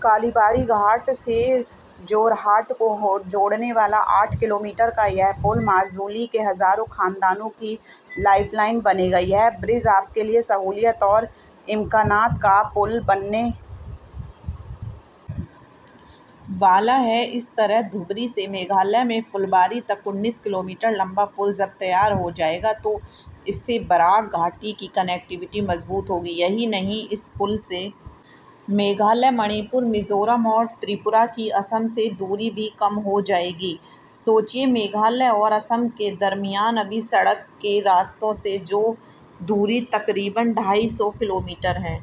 کالی باڑی گھاٹ سے جورہاٹ کو جوڑنے والا آٹھ کلومیٹر کا یہ پل ماجولی کے ہزاروں خاندانوں کی لائف لائن بنے گا یہ برج آپ کے لیے سہولت اور امکانات کا پل بننے والا ہے اسی طرح ڈھبری سے میگھالیہ میں پھلباری تک انیس کلومیٹر لمبا پل جب تیار ہو جائے گا تو اس سے براک گھاٹی کی کنکٹیویٹی مضبوط ہوگی یہی نہیں اس پل سے میگھالیہ منی پور میزورم اور تریپورہ کی آسام سے دوری بھی کم ہو جائے گی سوچیے میگھالیہ اور آسام کے درمیان ابھی سڑک کے راستے سے جو دوری تقریباً ڈھائی سو کلومیٹر ہے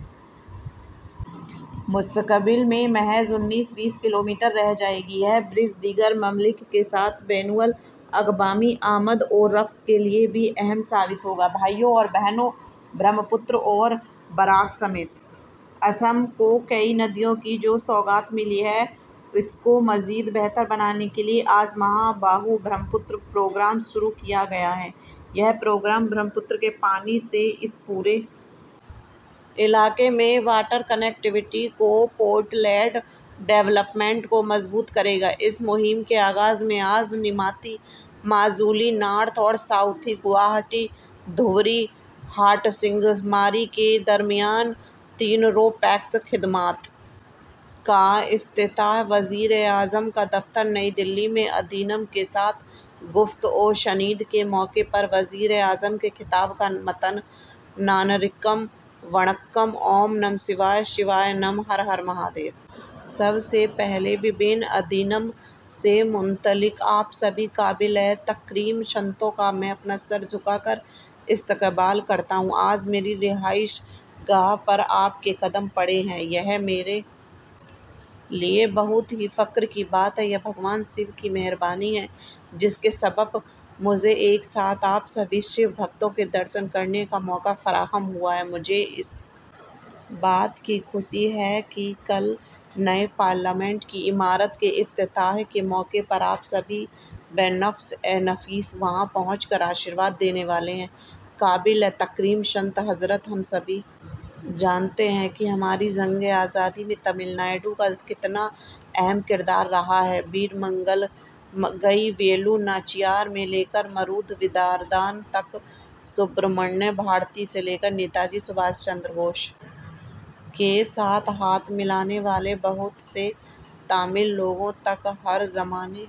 مستقبل میں محض انیس بیس کلومیٹر رہ جائے گی یہ برج دیگر ممالک کے ساتھ بین الاقوامی آمد و رفت کے لیے بھی اہم ثابت ہوگا بھائیو اور بہنو برہمپتر اور براک سمیت آسام کو کئی ندیوں کی جو سوغات ملی ہے اس کو مزید بہتر بنانے کے لیے آج مہا باہو برہمپتر پروگرام شروع کیا گیا ہے یہ پروگرام برہمپتر کے پانی سے اس پورے علاقے میں واٹر کنکٹیویٹی کو پورٹ لیڈ ڈیولپمنٹ کو مضبوط کرے گا اس مہم کے آغاز میں آج نیماتی ماجولی نارتھ اور ساؤتھ گوہاٹی ڈھبری تسنگی ماری کے درمیان تین رو پیکس خدمات کا افتتاح وزیراعظم کا دفتر نئی دہلی میں آدینم کے ساتھ گفت و شنید کے موقع پر وزیراعظم کے خطاب کا متن ناینے ورکم وڑککم اوم نمو شوائے شوائے نمو ہر ہر مہادیو سب سے پہلے مختلف آدینم سے منسلک آپ سبھی قابل تکریم سنتوں کا میں اپنا سر جھکا کر استقبال کرتا ہوں آج میری رہائش گاہ پر آپ کے قدم پڑے ہیں یہ میرے لیے بہت ہی فخر کی بات ہے یہ بھگوان شیو کی مہربانی ہے جس کے سبب مجھے ایک ساتھ آپ سبھی شیو بھکتوں کے درشن کرنے کا موقع فراہم ہوا ہے مجھے اس بات کی خوشی ہے کہ کل نئے پارلیمنٹ کی عمارت کے افتتاح کے موقع پر آپ سبھی بہ نفس نفیس وہاں پہنچ کر آشیرواد دینے والے ہیں قابل تکریم سنت حضرات ہم سبھی جانتے ہیں کہ ہماری جنگ آزادی میں تمل ناڈو کا کتنا اہم کردار رہا ہے ویرمنگئی ویلو ناچیار سے لے کر مرودو برادران تک سبرامنیہ بھارتی سے لے کر نیتاجی سبھاش چندر بوس کے ساتھ ہاتھ ملانے والے بہت سے تمل لوگوں تک ہر زمانے